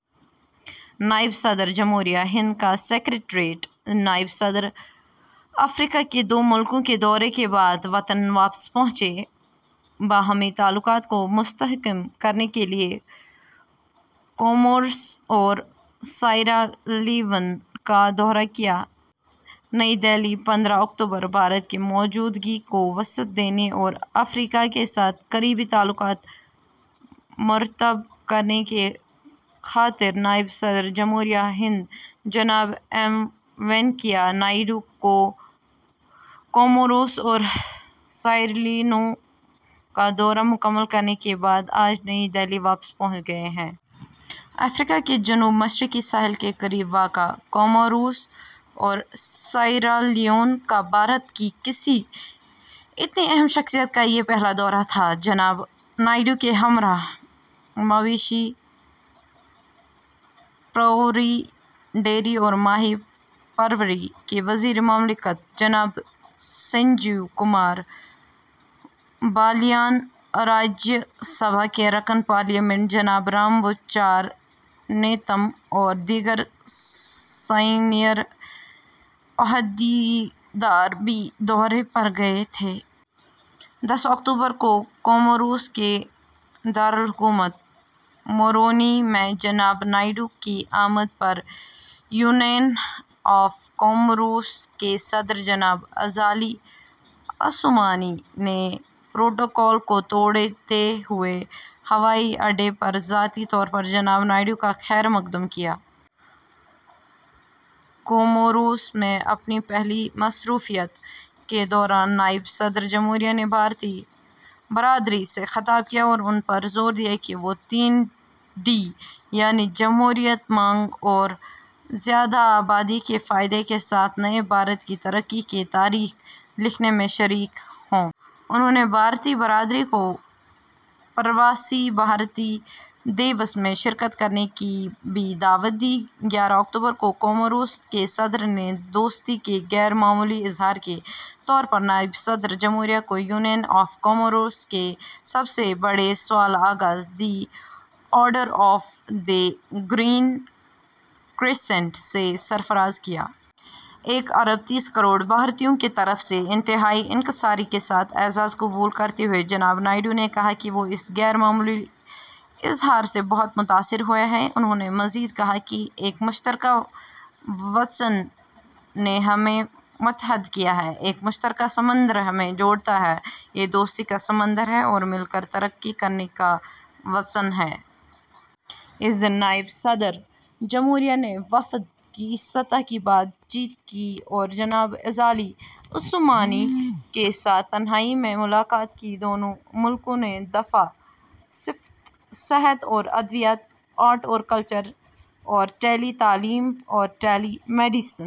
نائب صدر جمہوریہ ہند کا سکریٹریٹ نائب صدر افریقہ کے دو ملکوں کے دورے کے بعد وطن واپس پہنچے۔ باہمی تعلقات کو مستحکم کرنے کے لیے کوموروس اور سیئرا لیون کا دورہ کیا۔ نئی دہلی، پندرہ اکتوبر: بھارت کی موجودگی کو وسعت دینے اور افریقہ کے ساتھ قریبی تعلقات مرتب کرنے کی خاطر نائب صدر جمہوریہ ہند جناب ایم وینکیا نائیڈو کوموروس اور سیئرالیون کا دورہ مکمل کرنے کے بعد آج نئی دہلی واپس پہنچ گئے ہیں۔ افریقہ کے جنوب مشرقی ساحل کے قریب واقع کوموروس اور سیئرالیون کا بھارت کی کسی اتنی اہم شخصیت کا یہ پہلا دورہ تھا۔ جناب نائیڈو کے ہمراہ مویشی پروری، ڈیری اور ماہی پروری کے وزیر مملکت جناب سنجیو کمار بالیان، راجیہ سبھا کے رکن پارلیمنٹ جناب رام وچار نیتَم اور دیگر سینئر عہدیدار بھی دورے پر گئے تھے۔ دس اکتوبر کو کوموروس کے دارالحکومت مورونی میں جناب نائیڈو کی آمد پر یونین آف کوموروس کے صدر جناب ازالی عثومانی نے پروٹوکول کو توڑتے ہوئے ہوائی اڈے پر ذاتی طور پر جناب نائیڈو کا خیر مقدم کیا۔ کوموروس میں اپنی پہلی مصروفیت کے دوران نائب صدر جمہوریہ نے بھارتی برادری سے خطاب کیا اور ان پر زور دیا کہ وہ تین ڈی، یعنی جمہوریت، مانگ اور زیادہ آبادی کے فائدے کے ساتھ نئے بھارت کی ترقی کی تاریخ لکھنے میں شریک ہوں۔ انہوں نے بھارتی برادری کو پرواسی بھارتی دیوس میں شرکت کرنے کی بھی دعوت دی۔ گیارہ اکتوبر کو کوموروس کے صدر نے دوستی کے غیر معمولی اظہار کے طور پر نائب صدر جمہوریہ کو یونین آف کوموروس کے سب سے بڑے سول اعزاز، "the order of the green crescent", سے سرفراز کیا۔ ایک ارب تیس کروڑ بھارتیوں کی طرف سے انتہائی انکساری کے ساتھ اعزاز قبول کرتے ہوئے جناب نائیڈو نے کہا کہ وہ اس غیر معمولی اظہار سے بہت متاثر ہوئے ہیں۔ انہوں نے مزید کہا کہ ایک مشترکہ وژن نے ہمیں متحد کیا ہے، ایک مشترکہ سمندر ہمیں جوڑتا ہے — یہ دوستی کا سمندر ہے اور مل کر ترقی کرنے کا وژن ہے۔ اسی دن نائب صدر جمہوریہ نے وفد کی سطح کی بات چیت کی اور جناب ازالی عثومانی کے ساتھ تنہائی میں ملاقات کی۔ دونوں ملکوں نے دفاع، صحت اور ادویات، آرٹ اور کلچر اور ٹیلی تعلیم اور ٹیلی میڈیسن